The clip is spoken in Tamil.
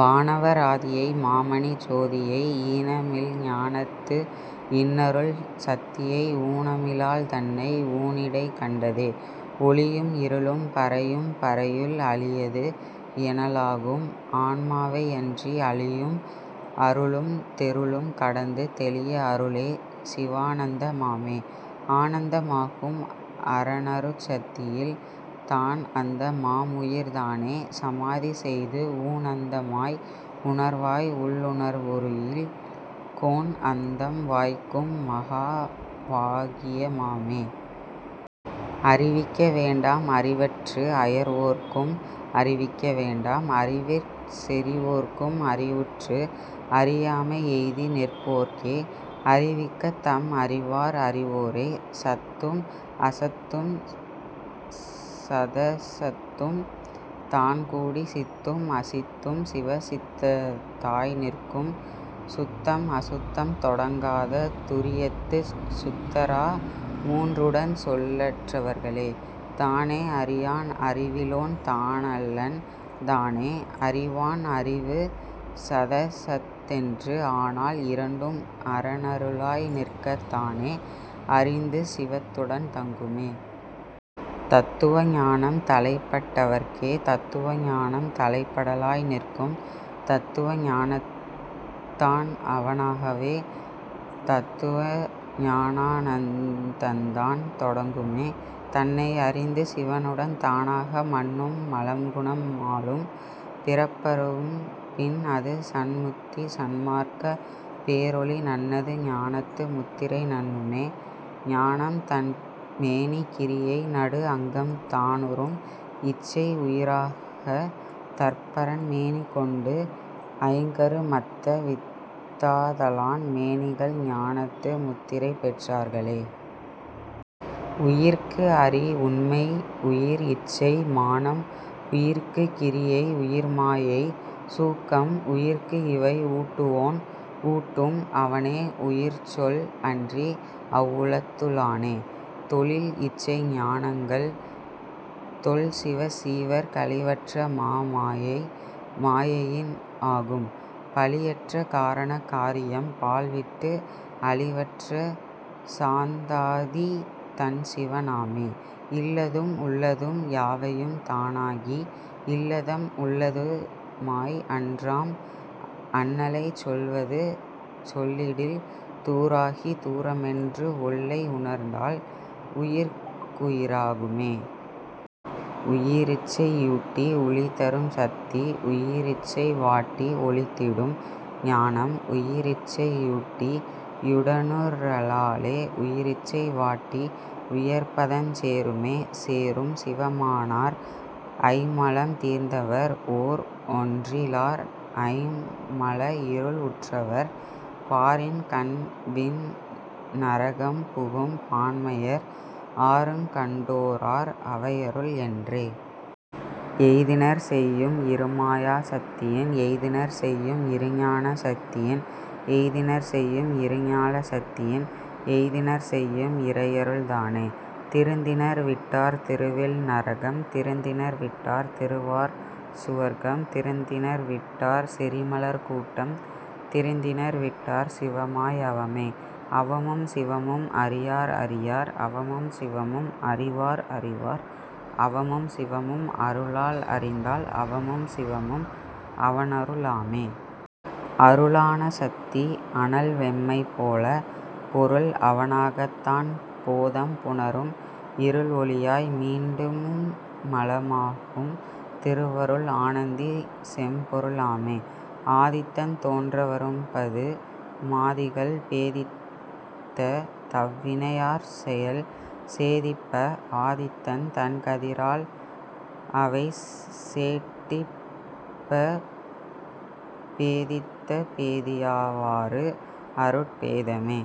வானவ ராதியை மாமணிச் சோதியை ஈனமில் ஞானத்து இன்னருள் சத்தியை ஊனமிலாள்தன்னை ஊனிடைக் கண்டதே. ஒளியும் இருளும் பரையும் பரையுள் அளியது எனலாகும் ஆன்மாவை யன்றி அளியும் அருளும் தெருளும் கடந்து தெளிய அருளே சிவானந்த மாமே. ஆனந்த மாகும் அரனருட் சத்தியில் தான் அந்த மாம்உயிர் தானே சமாதிசெய்து ஊன்அந்த மாய் உணர் வாய்உள் உணர்வுறில் கோன்அந்தம் வாய்க்கும் மகாவா கியமாமே. அறிவிக்க வேண்டாம் அறிவற்று அயர்வோர்க்கும் அறிவிக்க வேண்டாம் அறிவிற் செறிவோர்க்கும் அறிவுற்று அறியாமை எய்திநிற் போர்க்கே அறிவிக்கத் தம்அறி வார்அறி வோரே. சத்தும் அசத்தும் சதசத்தும் தான்கூடிச் சித்தும் அசித்தும் சிவசித்த தாய்நிற்கும் சுத்தம் அசுத்தம் தொடங்காத துரியத்துச் சுத்தரா மூன்றுடன் சொல்லற் றவர்களே. தானே அறியான் அறிவிலோன் தானல்லன் தானே அறிவான் அறிவு சதசத்தென்று ஆனால் இரண்டும் அரனரு ளாய்நிற்கத் தானே அறிந்து சிவத்துடன் தங்குமே. தத்துவ ஞானம் தலைப்பட் டவர்க்கே தத்துவ ஞானம் தலைப்பட லாய்நிற்கும் தத்துவ ஞானத்துத் தான்அவ னாகவே தத்துவ ஞானானந் தந்தான் தொடங்குமே. தன்னை அறிந்து சிவனுடன் தானாக மன்னும் மலம்குணம் மாளும் பிறப்பறும் பின்அது சன்முத்தி சன்மார்க்கப் பேரொளி நன்னது ஞானத்து முத்திரை நண்ணுமே. ஞானம்தன் மேனி கிரியை நடுஅங்கம் தானுறும் இச்சை உயிராகத் தற்பரன் மேனிகொண்டு ஐங்கரு மத்தவித் தாதலான் மோனிகள் ஞானத்து முத்திரை பெற் றார்களே. உயிர்க்குஅறி உண்மை உயிர்இச்சை மானம் உயிர்க்குக் கிரியை உயிர்மாயை சூக்கம் உயிர்க்குஇவை ஊட்டுவோன் ஊட்டும் அவனே உயிர்ச்சொல் அன்றி அவ்வுளத்து ளானே. தொழில்இச்சை ஞானங்கள் தொல்சிவசீவர் கழிவற்ற மாமாயை மாயையின் ஆகும் பழியற்ற காரண காரியம் பாழ்விட்டு அழிவற்ற சாந்தாதீ தன்சிவ னாமே. இல்லதும் உள்ளதும் யாவையும் தானாகி இல்லதம் உள்ளது மாய்அன்றாம் அண்ணலைச் சொல்வது சொல்லிடில் தூராகி தூரமென்று ஒல்லை உணர்ந்தால் உயிர்க்குயி ராகுமே. உயிரிச்சை யூட்டி உழிதரும் சத்தி உயிரிச்சை வாட்டி ஒழித்திடும் ஞானம் உயிரிச்சை யூட்டி யுடனுறலாலே உயிரிச்சை வாட்டி உயர்பதஞ் சேருமே. சேரும் சிவமானார் ஐம்மலம் தீர்ந்தவர் ஓர்ஒன்றி லார் ஐம் மலஇருள் உற்றவர் பாரின்கண் விண்நர கம்புகும் பான்மையர் ஆருங்கண் டோ ரார் அவையருள் என்றே. எய்தினர் செய்யும் இருமாயா சத்தியின் எய்தினர் செய்யும் இருஞான சத்தியின் எய்தினர் செய்யும் இருஞால சத்தியின் எய்தினர் செய்யும் இறையருள் தானே. திருந்தினர் விட்டார் திருவில் நரகம் திருந்தினர் விட்டார் திருவார் சுவர்க்கம் திருந்தினர் விட்டார் செறிமலர் கூட்டம் திருந்தினர் விட்டார் சிவமாய் அவமே. அவமும் சிவமும் அறியார் அறியார் அவமும் சிவமும் அறிவார் அறிவார் அவமும் சிவமும் அருளால் அறிந்தால் அவமும் சிவமும் அவனரு ளாமே. அருளான சத்தி அனல் வெம்மை போல பொருள் அவனாகத்தான் போதம் புணரும் இருள் ஒளியாய் மீண்டு மும்மல மாகும் திருவருள் ஆனந்தி செம்பொருளாமே. ஆதித்தன் தோன்ற வரும்பது மாதிகள் பேதித்த தவ்வினை யாற்செயல் சேதிப்ப ஆதித்தன் தன்கதி ரால்அவை சேட்டிப்பப் பேதித்தப் பேதியா வாறுஅருட் பேதமே.